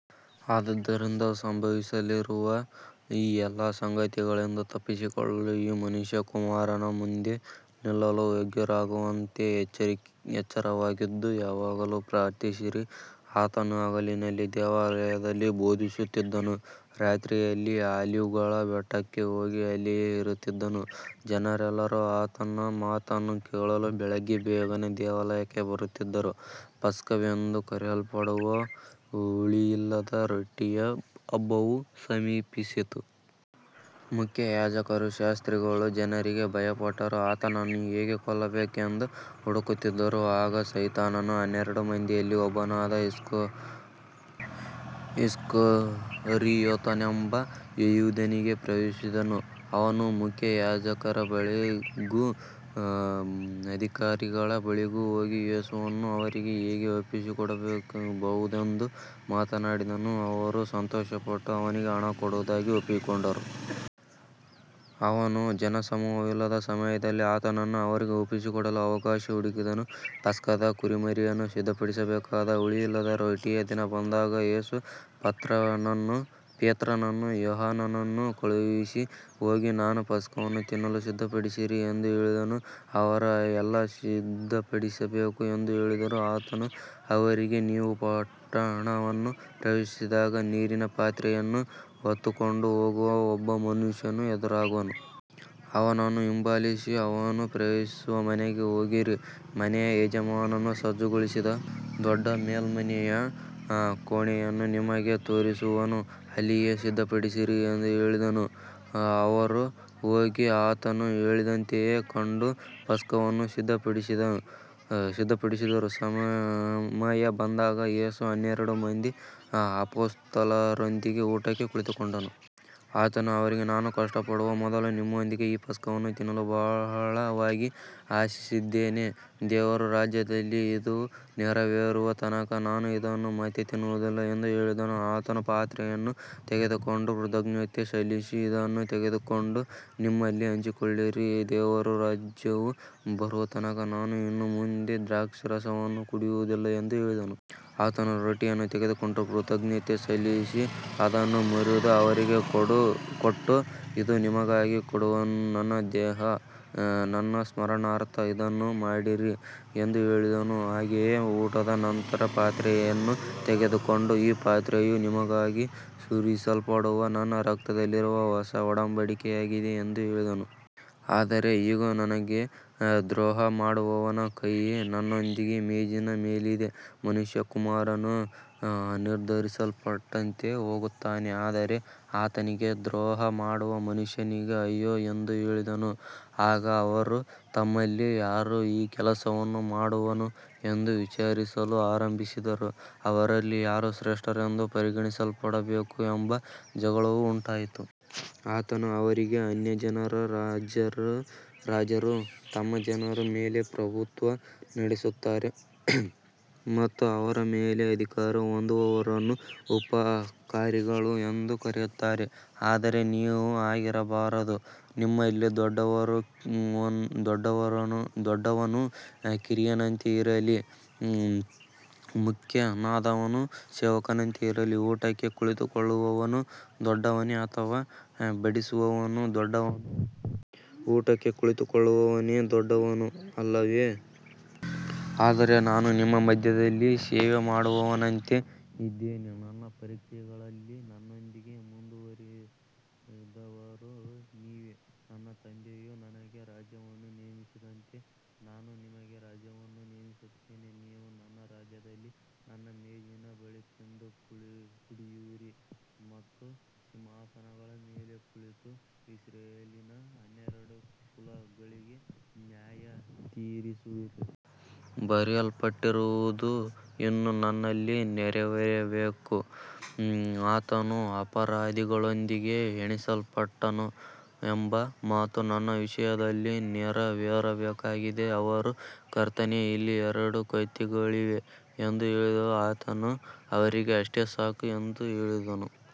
ಆದುದರಿಂದ ಸಂಭವಿಸಲಿರುವ ಈ ಎಲ್ಲ ಸಂಗತಿಗಳಿಂದ ತಪ್ಪಿಸಿಕೊಳ್ಳಲು ಮತ್ತು ಮನುಷ್ಯಕುಮಾರನ ಮುಂದೆ ನಿಲ್ಲಲು ಯೋಗ್ಯರಾಗುವಂತೆ ಎಚ್ಚರವಾಗಿದ್ದು ಯಾವಾಗಲೂ ಪ್ರಾರ್ಥಿಸಿರಿ. ಆತನು ಹಗಲಿನಲ್ಲಿ ದೇವಾಲಯದಲ್ಲಿ ಬೋಧಿಸುತ್ತಿದ್ದನು, ರಾತ್ರಿಯಲ್ಲಿ ಆಲಿವ್‌ಗಳ ಬೆಟ್ಟಕ್ಕೆ ಹೋಗಿ ಅಲ್ಲಿಯೇ ಇರುತ್ತಿದ್ದನು. ಜನರೆಲ್ಲರೂ ಆತನ ಮಾತನ್ನು ಕೇಳಲು ಬೆಳಿಗ್ಗೆ ಬೇಗನೆ ದೇವಾಲಯಕ್ಕೆ ಬರುತ್ತಿದ್ದರು. ಪಸ್ಕವೆಂದು ಕರೆಯಲ್ಪಡುವ ಹುಳಿಯಿಲ್ಲದ ರೊಟ್ಟಿಯ ಹಬ್ಬವು ಸಮೀಪಿಸಿತು. ಮುಖ್ಯಯಾಜಕರೂ ಶಾಸ್ತ್ರಿಗಳೂ ಜನರಿಗೆ ಭಯಪಟ್ಟರೂ ಆತನನ್ನು ಹೇಗೆ ಕೊಲ್ಲಬೇಕೆಂದು ಹುಡುಕುತ್ತಿದ್ದರು. ಆಗ ಸೈತಾನನು ಹನ್ನೆರಡು ಮಂದಿಯಲ್ಲಿ ಒಬ್ಬನಾದ ಇಸ್ಕರಿಯೋತನೆಂಬ ಯೂದನೊಳಗೆ ಪ್ರವೇಶಿಸಿದನು. ಅವನು ಮುಖ್ಯಯಾಜಕರ ಬಳಿಗೂ ಅಧಿಕಾರಿಗಳ ಬಳಿಗೂ ಹೋಗಿ, ಯೇಸುವನ್ನು ಅವರಿಗೆ ಹೇಗೆ ಒಪ್ಪಿಸಿಕೊಡಬಹುದೆಂದು ಮಾತಾಡಿದನು. ಅವರು ಸಂತೋಷಪಟ್ಟು ಅವನಿಗೆ ಹಣ ಕೊಡುವುದಾಗಿ ಒಪ್ಪಿಕೊಂಡರು. ಅವನು ಜನಸಮೂಹವಿಲ್ಲದ ಸಮಯದಲ್ಲಿ ಆತನನ್ನು ಅವರಿಗೆ ಒಪ್ಪಿಸಿಕೊಡಲು ಅವಕಾಶ ಹುಡುಕಿದನು. ಪಸ್ಕದ ಕುರಿಮರಿಯನ್ನು ಸಿದ್ಧಪಡಿಸಬೇಕಾದ ಹುಳಿಯಿಲ್ಲದ ರೊಟ್ಟಿಯ ದಿನ ಬಂದಾಗ, ಯೇಸು ಪೇತ್ರನನ್ನೂ ಯೋಹಾನನನ್ನೂ ಕಳುಹಿಸಿ, ಹೋಗಿ ನಾವು ಪಸ್ಕವನ್ನು ತಿನ್ನಲು ಸಿದ್ಧಪಡಿಸಿರಿ ಎಂದು ಹೇಳಿದನು. ಅವರು, ಎಲ್ಲಿ ಸಿದ್ಧಪಡಿಸಬೇಕು ಎಂದು ಕೇಳಿದರು. ಆತನು ಅವರಿಗೆ, ನೀವು ಪಟ್ಟಣವನ್ನು ಪ್ರವೇಶಿಸಿದಾಗ ನೀರಿನ ಪಾತ್ರೆಯನ್ನು ಹೊತ್ತುಕೊಂಡು ಹೋಗುವ ಒಬ್ಬ ಮನುಷ್ಯನು ಎದುರಾಗುವನು. ಅವನನ್ನು ಹಿಂಬಾಲಿಸಿ ಅವನು ಪ್ರವೇಶಿಸುವ ಮನೆಗೆ ಹೋಗಿರಿ. ಮನೆಯ ಯಜಮಾನನು ಸಜ್ಜುಗೊಳಿಸಿದ ದೊಡ್ಡ ಮೇಲ್ಮನೆಯ ಕೋಣೆಯನ್ನು ನಿಮಗೆ ತೋರಿಸುವನು. ಅಲ್ಲಿಯೇ ಸಿದ್ಧಪಡಿಸಿರಿ ಎಂದು ಹೇಳಿದನು. ಅವರು ಹೋಗಿ ಆತನು ಹೇಳಿದಂತೆಯೇ ಕಂಡು ಪಸ್ಕವನ್ನು ಸಿದ್ಧಪಡಿಸಿದರು. ಸಮಯ ಬಂದಾಗ ಯೇಸು ಹನ್ನೆರಡು ಮಂದಿ ಅಪೊಸ್ತಲರೊಂದಿಗೆ ಊಟಕ್ಕೆ ಕುಳಿತುಕೊಂಡನು. ಆತನು ಅವರಿಗೆ, ನಾನು ಕಷ್ಟಪಡುವ ಮೊದಲು ನಿಮ್ಮೊಂದಿಗೆ ಈ ಪಸ್ಕವನ್ನು ತಿನ್ನಲು ಬಹಳವಾಗಿ ಆಶಿಸಿದ್ದೆನು. ದೇವರ ರಾಜ್ಯದಲ್ಲಿ ಇದು ನೆರವೇರುವ ತನಕ ನಾನು ಇದನ್ನು ಮತ್ತೆ ತಿನ್ನುವುದಿಲ್ಲ ಎಂದು ಹೇಳಿದನು. ಆತನು ಪಾತ್ರೆಯನ್ನು ತೆಗೆದುಕೊಂಡು ಕೃತಜ್ಞತೆ ಸಲ್ಲಿಸಿ, ಇದನ್ನು ತೆಗೆದುಕೊಂಡು ನಿಮ್ಮಲ್ಲಿ ಹಂಚಿಕೊಳ್ಳಿರಿ. ದೇವರ ರಾಜ್ಯವು ಬರುವ ತನಕ ನಾನು ಇನ್ನು ಮುಂದೆ ದ್ರಾಕ್ಷಾರಸವನ್ನು ಕುಡಿಯುವುದಿಲ್ಲ ಎಂದು ಹೇಳಿದನು. ಆತನು ರೊಟ್ಟಿಯನ್ನು ತೆಗೆದುಕೊಂಡು ಕೃತಜ್ಞತೆ ಸಲ್ಲಿಸಿ ಅದನ್ನು ಮುರಿದು ಅವರಿಗೆ ಕೊಟ್ಟು, ಇದು ನಿಮಗಾಗಿ ಕೊಡುವ ನನ್ನ ದೇಹ. ನನ್ನ ಸ್ಮರಣಾರ್ಥ ಇದನ್ನು ಮಾಡಿರಿ ಎಂದು ಹೇಳಿದನು. ಹಾಗೆಯೇ ಊಟದ ನಂತರ ಪಾತ್ರೆಯನ್ನು ತೆಗೆದುಕೊಂಡು, ಈ ಪಾತ್ರೆಯು ನಿಮಗಾಗಿ ಸುರಿಸಲ್ಪಡುವ ನನ್ನ ರಕ್ತದಲ್ಲಿರುವ ಹೊಸ ಒಡಂಬಡಿಕೆಯಾಗಿದೆ ಎಂದು ಹೇಳಿದನು. ಆದರೆ ಇಗೋ, ನನಗೆ ದ್ರೋಹ ಮಾಡುವವನ ಕೈ ನನ್ನೊಂದಿಗೆ ಮೇಜಿನ ಮೇಲಿದೆ. ಮನುಷ್ಯಕುಮಾರನು ನಿರ್ಧರಿಸಲ್ಪಟ್ಟಂತೆ ಹೋಗುತ್ತಾನೆ, ಆದರೆ ಆತನಿಗೆ ದ್ರೋಹ ಮಾಡುವ ಮನುಷ್ಯನಿಗೆ ಅಯ್ಯೋ ಎಂದು ಹೇಳಿದನು. ಆಗ ಅವರು ತಮ್ಮಲ್ಲಿ ಯಾರು ಈ ಕೆಲಸವನ್ನು ಮಾಡುವನು ಎಂದು ವಿಚಾರಿಸಲು ಆರಂಭಿಸಿದರು. ಅವರಲ್ಲಿ ಯಾರು ಶ್ರೇಷ್ಠರೆಂದು ಪರಿಗಣಿಸಲ್ಪಡಬೇಕು ಎಂಬ ಜಗಳವೂ ಉಂಟಾಯಿತು. ಆತನು ಅವರಿಗೆ, ಅನ್ಯಜನರ ರಾಜರು ತಮ್ಮ ಜನರ ಮೇಲೆ ಪ್ರಭುತ್ವ ನಡೆಸುತ್ತಾರೆ ಮತ್ತು ಅವರ ಮೇಲೆ ಅಧಿಕಾರ ಹೊಂದಿರುವವರನ್ನು ಉಪಕಾರಿಗಳು ಎಂದು ಕರೆಯುತ್ತಾರೆ. ಆದರೆ ನೀವು ಹಾಗಿರಬಾರದು. ನಿಮ್ಮಲ್ಲಿ ದೊಡ್ಡವನು ಕಿರಿಯನಂತೆ ಇರಲಿ, ಮುಖ್ಯನಾದವನು ಸೇವಕನಂತೆ ಇರಲಿ. ಊಟಕ್ಕೆ ಕುಳಿತುಕೊಳ್ಳುವವನು ದೊಡ್ಡವನೋ ಅಥವಾ ಬಡಿಸುವವನು ದೊಡ್ಡವನೋ. ಊಟಕ್ಕೆ ಕುಳಿತುಕೊಳ್ಳುವವನೇ ದೊಡ್ಡವನು, ಅಲ್ಲವೇ. ಆದರೆ ನಾನು ನಿಮ್ಮ ಮಧ್ಯದಲ್ಲಿ ಸೇವೆ ಮಾಡುವವನಂತೆ ಇದ್ದೇನೆ. ನನ್ನ ಪರೀಕ್ಷೆಗಳಲ್ಲಿ ನನ್ನೊಂದಿಗೆ ಮುಂದುವರಿದವರು ನೀವೇ. ನನ್ನ ತಂದೆಯು ನನಗೆ ರಾಜ್ಯವನ್ನು ನೇಮಿಸಿದಂತೆ, ನಾನು ನಿಮಗೆ ರಾಜ್ಯವನ್ನು ನೇಮಿಸುತ್ತೇನೆ. ನೀವು ನನ್ನ ರಾಜ್ಯದಲ್ಲಿ ನನ್ನ ಮೇಜಿನ ಬಳಿ ತಿಂದು ಕುಡಿಯುವಿರಿ ಮತ್ತು ಸಿಂಹಾಸನಗಳ ಮೇಲೆ ಕುಳಿತು ಇಸ್ರಾಯೇಲಿನ ಹನ್ನೆರಡು ಕುಲಗಳಿಗೆ ನ್ಯಾಯತೀರಿಸುವಿರಿ. ಬರೆಯಲ್ಪಟ್ಟಿರುವುದು ಇನ್ನೂ ನನ್ನಲ್ಲಿ ನೆರವೇರಬೇಕು. ಆತನು ಅಪರಾಧಿಗಳೊಂದಿಗೆ ಎಣಿಸಲ್ಪಟ್ಟನು ಎಂಬ ಮಾತು ನನ್ನ ವಿಷಯದಲ್ಲಿ ನೆರವೇರಬೇಕಾಗಿದೆ. ಅವರು, ಕರ್ತನೇ, ಇಲ್ಲಿ ಎರಡು ಕತ್ತಿಗಳಿವೆ ಎಂದು ಹೇಳಿದರು. ಆತನು ಅವರಿಗೆ, ಅಷ್ಟೇ ಸಾಕು ಎಂದು ಹೇಳಿದನು.